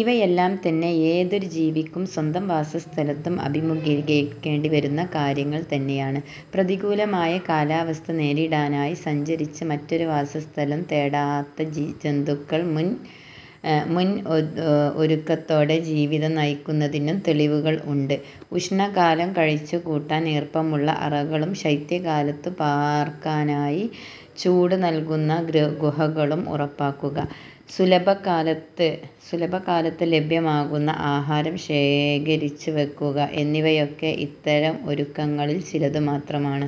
ഇവയെല്ലാംതന്നെ ഏതൊരു ജീവിക്കും സ്വന്തം വാസസ്ഥലത്തും അഭിമുഖീകരിക്കേണ്ടിവരുന്ന കാര്യങ്ങൾ തന്നെയാണ്. പ്രതികൂലമായ കാലവസ്ഥ നേരിടാനായി സഞ്ചരിച്ച് മറ്റൊരു വാസസ്ഥലം തേടാതെ ജന്തുക്കൾ മുൻഒരുക്കത്തോടെ ജീവിതം നയിക്കുന്നതിനും തെളിവുകൾ ഉണ്ട്. ഉഷ്ണകാലം കഴിച്ചുകൂട്ടാൻ ഈർപ്പമുള്ള അറകളും ശൈത്യകാലത്തു പാർക്കാനായി ചൂടുനല്കുന്ന ഗുഹകളും ഉറപ്പാക്കുക, സുലഭകാലത്ത് ലഭ്യമാകുന്ന ആഹാരം ശേഖരിച്ചുവയ്ക്കുക എന്നിവയൊക്കെ ഇത്തരം ഒരുക്കങ്ങളിൽ ചിലതു മാത്രമാണ്.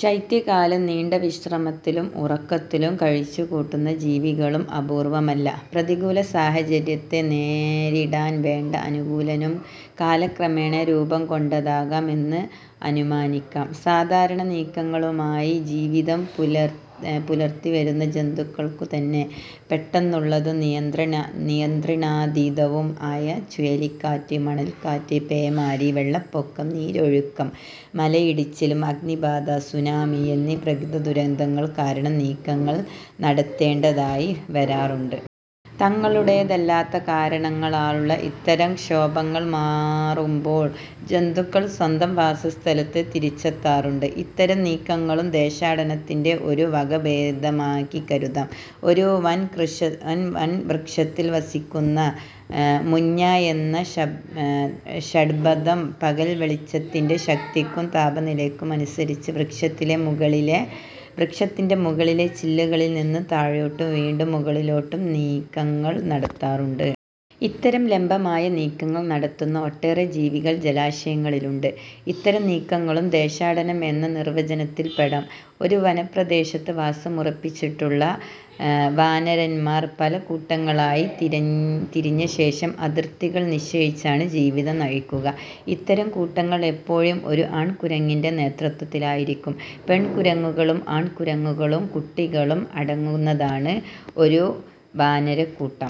ശൈത്യകാലം നീണ്ട വിശ്രമത്തിലും ഉറക്കത്തിലും കഴിച്ചുകൂട്ടുന്ന ജീവികളും അപൂർവമല്ല. പ്രതികൂലസാഹചര്യത്തെ നേരിടാൻവേണ്ട അനുകൂലനം കാലക്രമേണ രൂപംകൊണ്ടതാകാം എന്ന് അനുമാനിക്കാം. സാധാരണ നീക്കങ്ങളുമായി ജീവിതം പുലർത്തിവരുന്ന ജന്തുക്കൾക്കുതന്നെ പെട്ടെന്നുള്ളതും നിയന്ത്രണാതീതവും ആയ ചുഴലിക്കാറ്റ്, മണൽക്കാറ്റ്, പേമാരി, വെള്ളപ്പൊക്കം, നീരൊഴുക്കും മലയിടിച്ചിലും, അഗ്നിബാധ, സുനാമി എന്നീ പ്രകൃതിദുരന്തങ്ങൾകാരണം നീക്കങ്ങൾ നടത്തേണ്ടതായി വരാറുണ്ട്. തങ്ങളുടേതല്ലാത്ത കാരണങ്ങളാലുള്ള ഇത്തരം ക്ഷോഭങ്ങൾ മാറുമ്പോൾ ജന്തുക്കൾ സ്വന്തം വാസസ്ഥാനത്ത് തിരിച്ചെത്താറുണ്ട്. ഇത്തരം നീക്കങ്ങളും ദേശാടനത്തിന്റെ ഒരു വകഭേദമായി കരുതാം. ഒരു വൻവൃക്ഷത്തിൽ വസിക്കുന്ന മുഞ്ഞ എന്ന ഷഡ്പദം പകൽവെളിച്ചത്തിന്റെ ശക്തിക്കും താപനിലയ്ക്കും അനുസരിച്ച് വൃക്ഷത്തിന്റെ മുകളിലെ ചില്ലകളിൽനിന്ന് താഴോട്ടും വീണ്ടും മുകളിലോട്ടും നീക്കങ്ങൾ നടത്താറുണ്ട്. ഇത്തരം ലംബമായ നീക്കങ്ങൾ നടത്തുന്ന ഒട്ടേറെ ജീവികൾ ജലാശയങ്ങളിലുമുണ്ട്. ഇത്തരം നീക്കങ്ങളും ദേശാടനം എന്ന നിർവചനത്തിൽപ്പെടും. ഒരു വനപ്രദേശത്ത് വാസമുറപ്പിച്ചിട്ടുള്ള വാനരന്മാർ പല കൂട്ടങ്ങളായി തിരിഞ്ഞശേഷം അതിർത്തികൾ നിശ്ചയിച്ചാണ് ജീവിതം നയിക്കുക. ഇത്തരം കൂട്ടങ്ങൾ എപ്പോഴും ഒരു ആൺകുരങ്ങിന്റെ നേതൃത്വത്തിലായിരിക്കും. പെൺകുരങ്ങുകളും ആൺകുരങ്ങുകളും കുട്ടികളും അടങ്ങുന്നതാണ് ഒരു വാനരക്കൂട്ടം.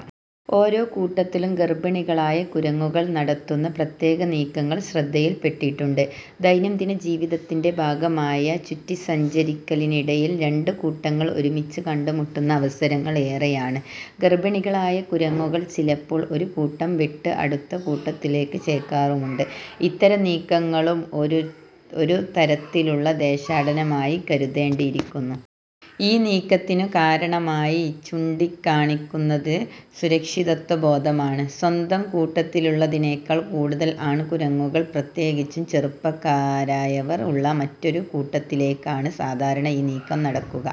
ഓരോ കൂട്ടത്തിലും ഗർഭിണികളായ കുരങ്ങുകൾ നടത്തുന്ന പ്രത്യേക നീക്കങ്ങൾ ശ്രദ്ധയിൽ പ്പെട്ടിട്ടുണ്ട്. ദൈനംദിന ജീവിതത്തിന്റെ ഭാഗമായ ചുറ്റിസഞ്ചരിക്കലിനിടയിൽ രണ്ട് കൂട്ടങ്ങൾ ഒരുമിച്ച് കണ്ടുമുട്ടുന്ന അവസരങ്ങൾ ഏറെയാണ്. ഗർഭിണികളായ കുരങ്ങുകൾ ചിലപ്പോൾ ഒരു കൂട്ടം വിട്ട് അടുത്ത കൂട്ടത്തിലേക്ക് ചേക്കേറാറുമുണ്ട്. ഇത്തരം നീക്കങ്ങളും ഒരുതരത്തിലുള്ള ദേശാടനമായി കരുതേണ്ടിയിരിക്കുന്നു. ഈ നീക്കത്തിനു കാരണമായി ചൂണ്ടിക്കാണിക്കുന്നത് സുരക്ഷിതത്വബോധമാണ്. സ്വന്തം കൂട്ടത്തിലുള്ളതിനെക്കാൾ കൂടുതൽ ആൺകുരങ്ങുകൾ, പ്രത്യേകിച്ചും ചെറുപ്പക്കാരായവർ ഉള്ള മറ്റൊരു കൂട്ടത്തിലേക്കാണ് സാധാരണ ഈ നീക്കം നടക്കുക.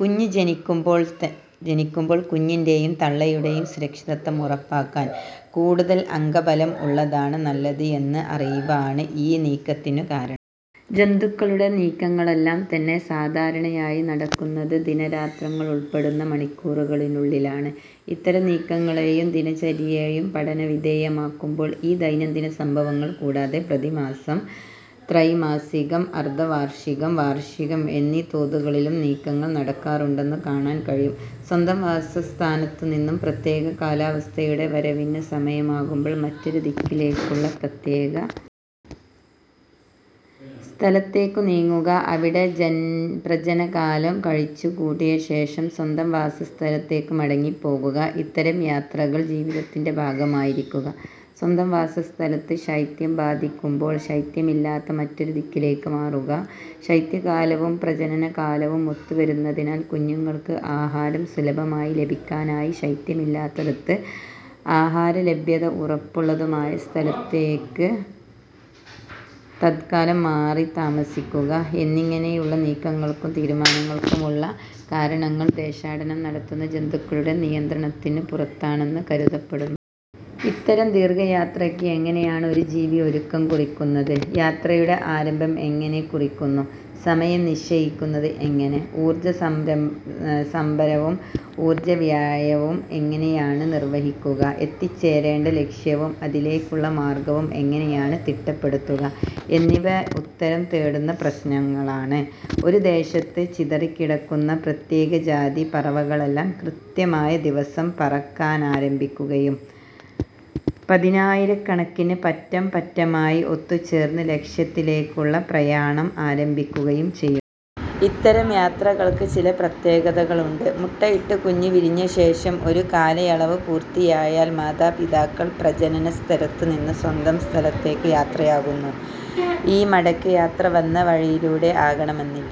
കുഞ്ഞ് ജനിച്ചുകഴിയുമ്പോൾ കുഞ്ഞിന്റെയും തള്ളയുടെയും സുരക്ഷിതത്വം ഉറപ്പാക്കാൻ കൂടുതൽ അംഗബലം ഉള്ളതാണ് നല്ലത് എന്ന അറിവാണ് ഈ നീക്കത്തിനു കാരണം. ജന്തുക്കളുടെ നീക്കങ്ങളെല്ലാംതന്നെ സാധാരണയായി നടക്കുന്നത് ദിനരാത്രങ്ങളുൾപ്പെടുന്ന മണിക്കൂറിനുള്ളിലാണ്. ഇത്തരം നീക്കങ്ങളെയും ദിനചര്യയെയും പഠനവിധേയമാക്കുമ്പോൾ ഈ ദൈനംദിന സംഭവങ്ങൾ കൂടാതെ പ്രതിമാസം, ത്രൈമാസികം, അർധവാർഷികം, വാർഷികം എന്നീ തോതുകളിലും നീക്കങ്ങൾ നടക്കാറുണ്ടെന്നു കാണാൻ കഴിയും. സ്വന്തം വാസസ്ഥാനത്തുനിന്ന് പ്രത്യേക കാലാവസ്ഥയുടെ വരവിനു സമയമാകുമ്പോൾ മറ്റൊരു ദിക്കിലുള്ള പ്രത്യേക സ്ഥലത്തേക്കു നീങ്ങുക, അവിടെ പ്രജനനകാലം കഴിച്ചുകൂട്ടിയശേഷം സ്വന്തം വാസസ്ഥലത്തേക്കു മടങ്ങിപ്പോവുക, ഇത്തരം യാത്രകൾ ജീവിതത്തിന്റെ ഭാഗമായിരിക്കുക, സ്വന്തം വാസസ്ഥലത്ത് ശൈത്യം ബാധിക്കുമ്പോൾ ശൈത്യമില്ലാത്ത മറ്റൊരു ദിക്കിലേക്കു മാറുക, ശൈത്യകാലവും പ്രജനനകാലവും ഒത്തുവരുന്നതിനാൽ കുഞ്ഞുങ്ങൾക്ക് ആഹാരം സുലഭമായി ലഭിക്കാനായി ശൈത്യമില്ലാത്തതും ആഹാരലഭ്യത ഉറപ്പുള്ളതുമായ സ്ഥലത്തേക്ക് തത്ക്കാലം മാറിത്താമസിക്കുക എന്നിങ്ങനെയുള്ള നീക്കങ്ങൾക്കും തീരുമാനങ്ങൾക്കും ഉള്ള കാരണങ്ങൾ ദേശാടനം നടത്തുന്ന ജന്തുക്കളുടെ നിയന്ത്രണത്തിനു പുറത്താണെന്ന് കരുതപ്പെടുന്നു. ഇത്തരം ദീർഘയാത്രയ്ക്ക് എങ്ങനെയാണ് ഒരു ജീവി ഒരുക്കം കുറിക്കുന്നത്, യാത്രയുടെ ആരംഭം എങ്ങനെ കുറിക്കുന്നു, സമയം നിശ്ചയിക്കുന്നത് എങ്ങനെ, ഊർജസംഭരണവും ഊർജവ്യയവും എങ്ങനെയാണ് നിർവഹിക്കുക, എത്തിച്ചേരേണ്ട ലക്ഷ്യവും അതിലേക്കുള്ള മാർഗവും എങ്ങനെയാണ് തിട്ടപ്പെടുത്തുക എന്നിവ ഉത്തരം തേടുന്ന പ്രശ്നങ്ങളാണ്. ഒരു ദേശത്ത് ചിതറിക്കിടക്കുന്ന പ്രത്യേകജാതി പറവകളെല്ലാം കൃത്യമായ ദിവസം പറക്കലാരംഭിക്കുകയും, പതിനായിരക്കണക്കിന് പറ്റം പറ്റമായി ഒത്തു ചേർന്ന് ലക്ഷ്യത്തിലേക്കുള്ള പ്രയാണം ആരംഭിക്കുകയും ചെയ്യുന്നു. ഇത്തരം യാത്രകൾക്ക് ചില പ്രത്യേകതകളുണ്ട്. മുട്ടയിട്ട് കുഞ്ഞ് വിരിഞ്ഞശേഷം ഒരു കാലയളവ് പൂർത്തിയായാൽ മാതാപിതാക്കൾ പ്രജനനസ്ഥലത്തുനിന്ന് സ്വന്തം സ്ഥലത്തേക്കു യാത്രയാകുന്നു. ഈ മടക്കയാത്ര വന്ന വഴിയിലൂടെ ആകണമെന്നില്ല.